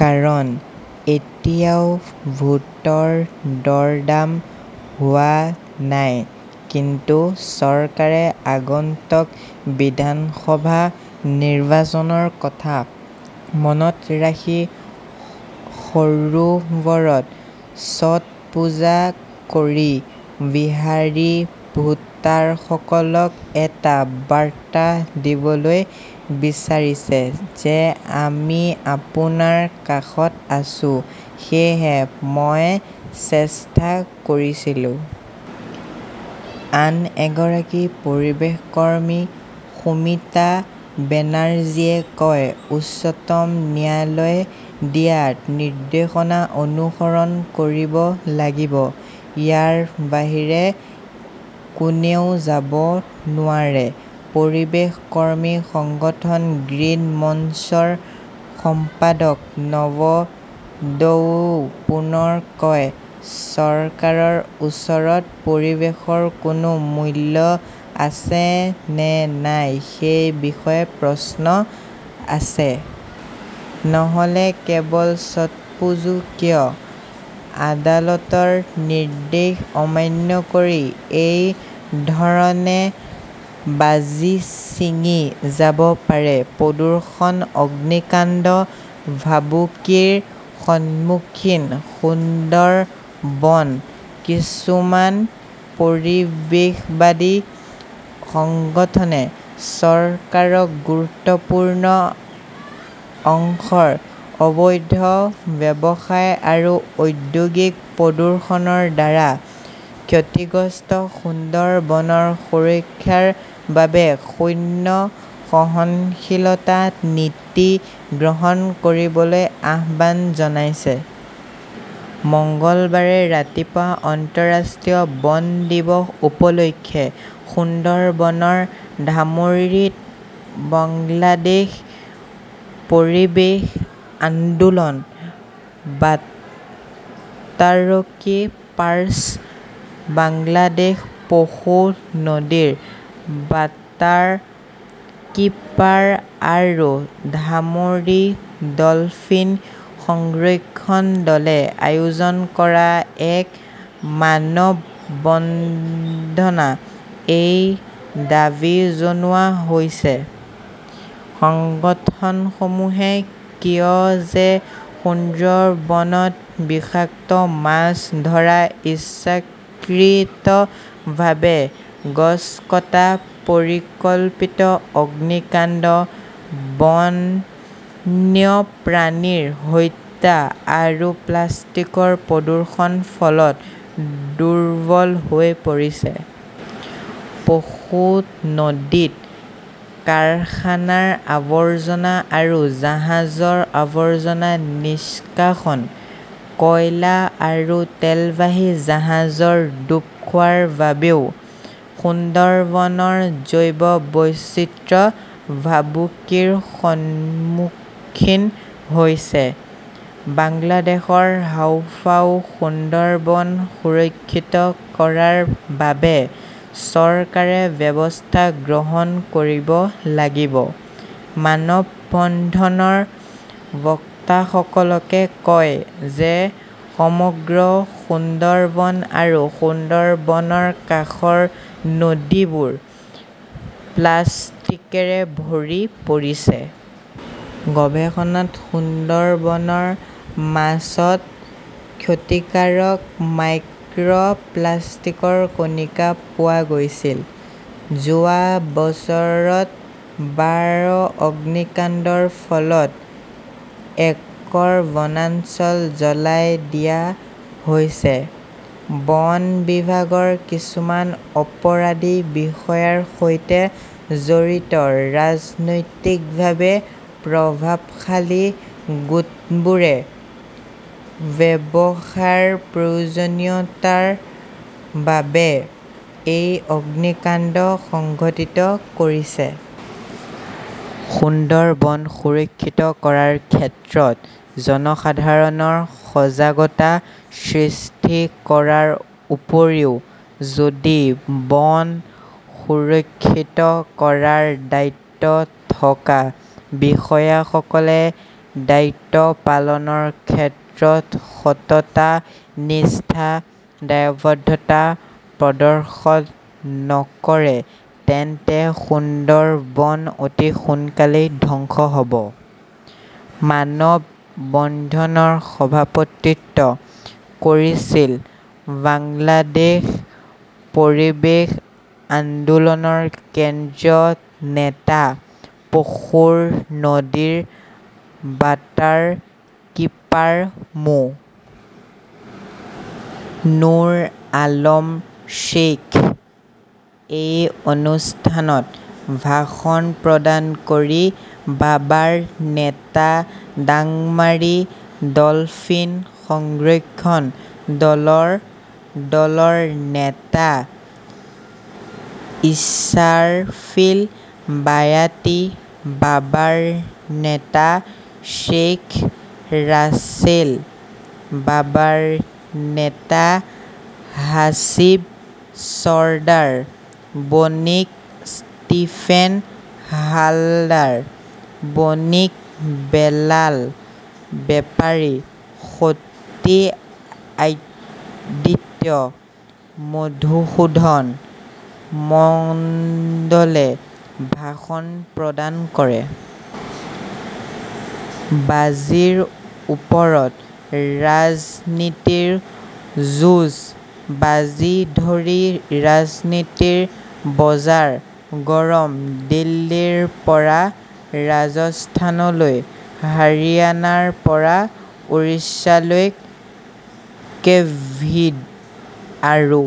কাৰণ, এতিয়াও ভোটৰ দৰদাম হোৱা নাই। কিন্তু চৰকাৰে আগন্তুক বিধানসভা নিৰ্বাচনৰ কথা মনত ৰাখি সৰোবৰত ছট পূজা কৰি বিহাৰী ভোটাৰসকলক এটা বাৰ্তা দিবলৈ বিচাৰিছে যে আমি আপোনাৰ কাষত আছো। সেয়েহে মই চেষ্টা কৰিছিলো। আন এগৰাকী পৰিৱেশ কৰ্মী সুমিতা বেনাৰ্জীয়ে কয়, "উচ্চতম ন্যায়ালয়ে দিয়া নিৰ্দেশনা অনুসৰণ কৰিব লাগিব। ইয়াৰ বাহিৰে কোনেও যাব নোৱাৰে। "পৰিৱেশ কৰ্মী সংগঠন 'গ্ৰীণ মঞ্চ" ৰ সম্পাদক নব দত্তই পুনৰ কয়, "চৰকাৰৰ ওচৰত পৰিৱেশৰ কোনো মূল্য আছে নে নাই সেই বিষয়ে প্ৰশ্ন আছে। নহ 'লে কেৱল ছ' টপুজো কিয়, আদালতৰ নিৰ্দেশ অমান্য কৰি এই ধৰণে বাজি ছিঙি যাব পাৰে! "। প্ৰদূষণ-অগ্নিকাণ্ডৰ ভাবুকিৰ সন্মুখীন সুন্দৰবন কিছুমান পৰিৱেশবাদী সংগঠনে চৰকাৰক গুৰুত্বপূৰ্ণ অংশৰ অবৈধ ব্যৱসায় আৰু ঔদ্যোগিক প্ৰদূষণৰ দ্বাৰা ক্ষতিগ্ৰস্ত সুন্দৰবনৰ সুৰক্ষাৰ বাবে শূন্য সহনশীলতা নীতি গ্ৰহণ কৰিবলৈ আহ্বান জনাইছে। মঙলবাৰে ৰাতিপুৱা আন্তঃৰাষ্ট্ৰীয় বন দিৱস উপলক্ষে সুন্দৰবনৰ ঢামৰীত বাংলাদেশ পৰিৱেশ আন্দোলন, ৱাটাৰকীপাৰ্ছ বাংলাদেশ, পশু নদীৰ ৱাটাৰকীপাৰ আৰু ঢামৰী ডলফিন সংৰক্ষণ দলে আয়োজন কৰা এক মানৱ বন্ধনত এই দাবী জনোৱা হৈছিল। সংগঠনসমূহে কয় যে সুন্দ্ৰবনত বিষাক্ত মাছ ধৰা, ইচ্ছাকৃতভাৱে গছ কটা, পৰিকল্পিত অগ্নিকাণ্ড, বন্যপ্ৰাণীৰ হত্যা আৰু প্লাষ্টিকৰ প্ৰদূষণৰ ফলত দুৰ্বল হৈ পৰিছে। পশু নদীত কাৰখানাৰ আৱৰ্জনা আৰু জাহাজৰ আৱৰ্জনা নিষ্কাশন, কয়লা আৰু তেলবাহী জাহাজৰ ডুব যোৱাৰ বাবেও সুন্দৰবনৰ জৈৱ বৈচিত্ৰ্য ভাবুকিৰ সন্মুখীন হৈছে। বাংলাদেশৰ হাঁওফাঁও সুন্দৰবন সুৰক্ষিত কৰাৰ বাবে চৰকাৰে ব্যৱস্থা গ্ৰহণ কৰিব লাগিব। মানৱ বন্ধনৰ বক্তাসকলে কয় যে সমগ্ৰ সুন্দৰবন আৰু সুন্দৰবনৰ কাষৰ নদীবোৰ প্লাষ্টিকৰে ভৰি পৰিছে। গৱেষণাত সুন্দৰবনৰ মাছত ক্ষতিকাৰক মাইক্ৰ "প্লাষ্টিকৰ কণিকা পোৱা গৈছে। যোৱা বছৰত বাৰ অগ্নিকাণ্ডৰ ফলত একৰ বনাঞ্চল জ্বলাই দিয়া হৈছে। বন বিভাগৰ কিছুমান অপৰাধী বিষয়াৰ সৈতে জড়িত ৰাজনৈতিকভাৱে প্ৰভাৱশালী গোটবোৰে ব্যৱসায়ৰ প্ৰয়োজনীয়তাৰ বাবে এই অগ্নিকাণ্ড সংঘটিত কৰিছে। সুন্দৰবন সুৰক্ষিত কৰাৰ ক্ষেত্ৰত জনসাধাৰণৰ সজাগতা সৃষ্টি কৰাৰ উপৰিও যদি বন সুৰক্ষিত কৰাৰ দায়িত্ব থকা বিষয়াসকলে দায়িত্ব পালনৰ ক্ষেত্ৰত সততা-নিষ্ঠা-দায়বদ্ধতা প্ৰদৰ্শন নকৰে তেন্তে সুন্দৰবন অতি সোনকালেই ধ্বংস হ 'ব। মানৱ বন্ধনৰ সভাপতিত্ব কৰিছিল বাংলাদেশ পৰিৱেশ আন্দোলনৰ কেন্দ্ৰীয় নেতা পশুৰ নদীৰ ৱাটাৰকীপাৰ মো. নুৰ আলম শ্বেইখ। এই অনুষ্ঠানত ভাষণ প্ৰদান কৰি বাবাৰ নেতা ডাংমাৰী ডলফিন সংৰক্ষণ দলৰ দলৰ নেতা ইছাৰফিল বয়াতী, বাবাৰ নেতা শ্বেইখ ৰাছেল, বাবাৰ নেতা হাছিব চৰ্দাৰ, বণিক ষ্টিফেন হালদাৰ, বনিক বেলাল বেপাৰী, সতী আদিত্য, মধুসূদন মণ্ডলে ভাষণ প্ৰদান কৰে। বাজিৰ ওপৰত ৰাজনীতিৰ যুঁজ বাজি ধৰি ৰাজনীতিৰ বজাৰ গৰম! দিল্লীৰ পৰা ৰাজস্থানলৈ, হাৰিয়ানাৰ পৰা উৰিষ্যালৈ-ক "ভিড আৰু